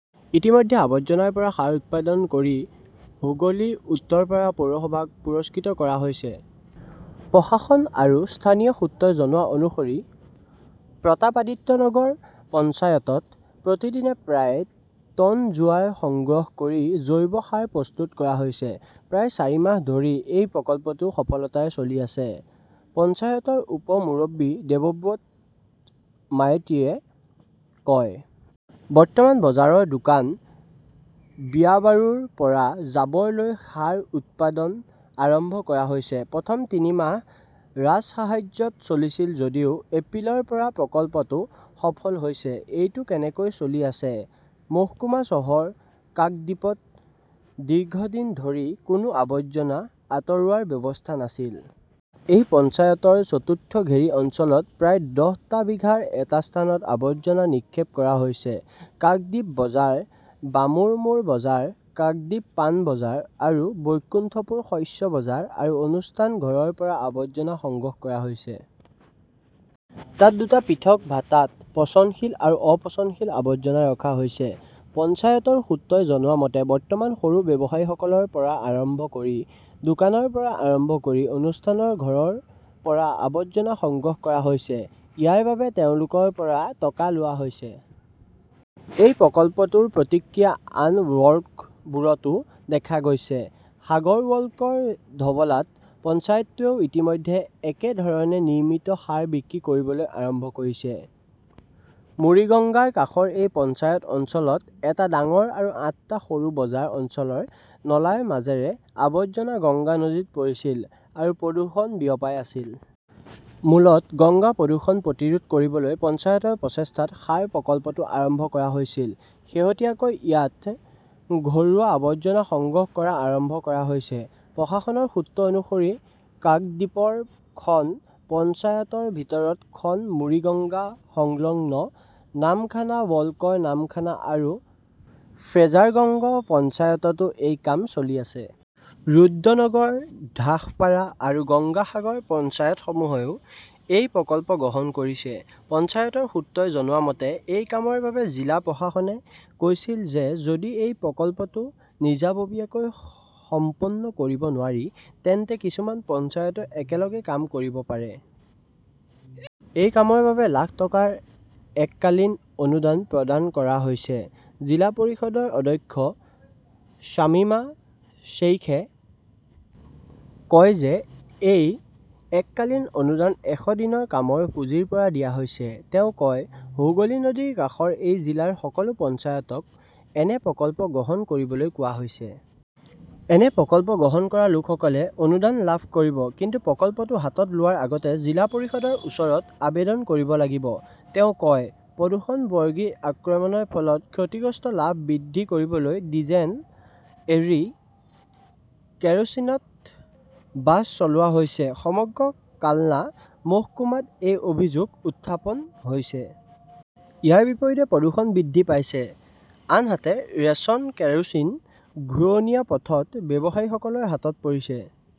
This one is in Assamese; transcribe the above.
ইতিমধ্যে আবৰ্জনাৰ পৰা সাৰ উৎপাদন কৰি হুগলীৰ উত্তৰপাৰা পৌৰসভাক পুৰস্কৃত কৰা হৈছে। প্ৰশাসন আৰু স্থানীয় সূত্ৰই জনোৱা অনুসৰি প্ৰতাপাদিত্যনগৰ পঞ্চায়তত প্ৰতিদিনে প্ৰায় টন জোৱাৰ সংগ্ৰহ কৰি জৈৱ সাৰ প্ৰস্তুত কৰা হৈছে। প্ৰায় চাৰি মাহ ধৰি এই প্ৰকল্পটো সফলতাৰে চলি আছে, পঞ্চায়তৰ উপ-মুৰব্বী দেবব্ৰত মাইতীয়ে কয়। বৰ্তমান বজাৰৰ দোকান, বিয়াবাৰুৰ পৰা জাবৰ লৈ সাৰ উৎপাদন আৰম্ভ কৰা হৈছে। প্ৰথম তিনি মাহ ৰাজসাহায্যত চলিছিল যদিও এপ্ৰিলৰ পৰা প্ৰকল্পটো সফল হৈছে। এইটো কেনেকৈ চলি আছে? মহকুমা চহৰ কাকদ্বীপত দীৰ্ঘদিন ধৰি কোনো আৱৰ্জনা আঁতৰোৱাৰ ব্যৱস্থা নাছিল। এই পঞ্চায়তৰ চতুৰ্থ ঘেৰি অঞ্চলত প্ৰায় দহ টা বিঘাৰ এটা স্থানত আৱৰ্জনা নিক্ষেপ কৰা হৈছে। কাক্দীপ বজাৰ, বামুৰ মোৰ বজাৰ, কাক্দীপ পান বজাৰ আৰু বৈকুণ্ঠপুৰ শস্য বজাৰ আৰু অনুষ্ঠান ঘৰৰ পৰা আৱৰ্জনা সংগ্ৰহ কৰা হৈছে। তাত দুটা পৃথক ভাটাত পচনশীল আৰু অপচনশীল আৱৰ্জনা ৰখা হৈছে। পঞ্চায়তৰ সূত্ৰই জনোৱা মতে, বৰ্তমান সৰু ব্যৱসায়ীসকলৰ পৰা আৰম্ভ কৰি দোকানৰ পৰা আৰম্ভ কৰি অনুষ্ঠানৰ ঘৰৰ পৰা আৱৰ্জনা সংগ্ৰহ কৰা হৈছে। ইয়াৰ বাবে তেওঁলোকৰ পৰা টকা লোৱা হৈছে। এই প্ৰকল্পটোৰ প্ৰতিক্ৰিয়া আন ব্লকবোৰতো দেখা গৈছে। সাগৰ ব্লকৰ ধবলাত পঞ্চায়তটোৱেও ইতিমধ্যে একে ধৰণে নিৰ্মিত সাৰ বিক্ৰী কৰিবলৈ আৰম্ভ কৰিছে। মুৰিগঙ্গাৰ কাষৰ এই পঞ্চায়ত অঞ্চলত এটা ডাঙৰ আৰু আঠটা সৰু বজাৰ অঞ্চলৰ নলাৰ মাজেৰে আৱৰ্জনা গংগা নদীত পৰিছিল আৰু প্ৰদূষণ বিয়পাই আছিল। মূলতঃ গংগা প্ৰদূষণ প্ৰতিৰোধ কৰিবলৈ পঞ্চায়তৰ প্ৰচেষ্টাত সাৰ প্ৰকল্পটো আৰম্ভ কৰা হৈছিল। শেহতীয়াকৈ ইয়াত ঘৰুৱা আৱৰ্জনা সংগ্ৰহ কৰা আৰম্ভ কৰা হৈছে। প্ৰশাসনৰ সূত্ৰ অনুসৰি কাকদ্বীপৰ খন পঞ্চায়তৰ ভিতৰত খন মুৰিগঙ্গা-সংলগ্ন। নামখানা ব্লকৰ নামখানা আৰু ফ্ৰেজাৰগঞ্জ পঞ্চায়ততো এই কাম চলি আছে। ৰুদ্ৰনগৰ, ধাসপাৰা আৰু গংগা সাগৰ পঞ্চায়তসমূহেও এই প্ৰকল্প গ্ৰহণ কৰিছে। পঞ্চায়তৰ সূত্ৰই জনোৱা মতে, এই কামৰ বাবে জিলা প্ৰশাসনে কৈছিল যে যদি এই প্ৰকল্পটো নিজাববীয়াকৈ সম্পন্ন কৰিব নোৱাৰি তেন্তে কিছুমান পঞ্চায়ত একেলগে কাম কৰিব পাৰে। এই কামৰ বাবে লাখ টকাৰ এককালীন অনুদান প্ৰদান কৰা হৈছে। জিলা পৰিষদৰ অধ্যক্ষ শ্বামিমা শ্বেইখে কয় যে এই এককালীন অনুদান এশ দিনৰ কামৰ পুঁজিৰ পৰা দিয়া হৈছে। তেওঁ কয়, হুগলী নদীৰ কাষৰ এই জিলাৰ সকলো পঞ্চায়তক এনে প্ৰকল্প গ্ৰহণ কৰিবলৈ কোৱা হৈছে। এনে প্ৰকল্প গ্ৰহণ কৰা লোকসকলে অনুদান লাভ কৰিব। কিন্তু প্ৰকল্পটো হাতত লোৱাৰ আগতে জিলা পৰিষদৰ ওচৰত আবেদন কৰিব লাগিব, তেওঁ কয়। প্ৰদূষণ-বৰ্গীৰ আক্ৰমণৰ ফলত ক্ষতিগ্ৰস্ত লাভ বৃদ্ধি কৰিবলৈ ডিজেল এৰি কেৰোচিনত বাছ চলোৱা হৈছে-সমগ্ৰ কালনা মহকুমাত এই অভিযোগ উত্থাপন হৈছে। ইয়াৰ বিপৰীতে প্ৰদূষণ বৃদ্ধি পাইছে, আনহাতে ৰেচন কেৰোচিন ঘূৰণীয়া পথত ব্যৱসায়ীসকলৰ হাতত পৰিছে।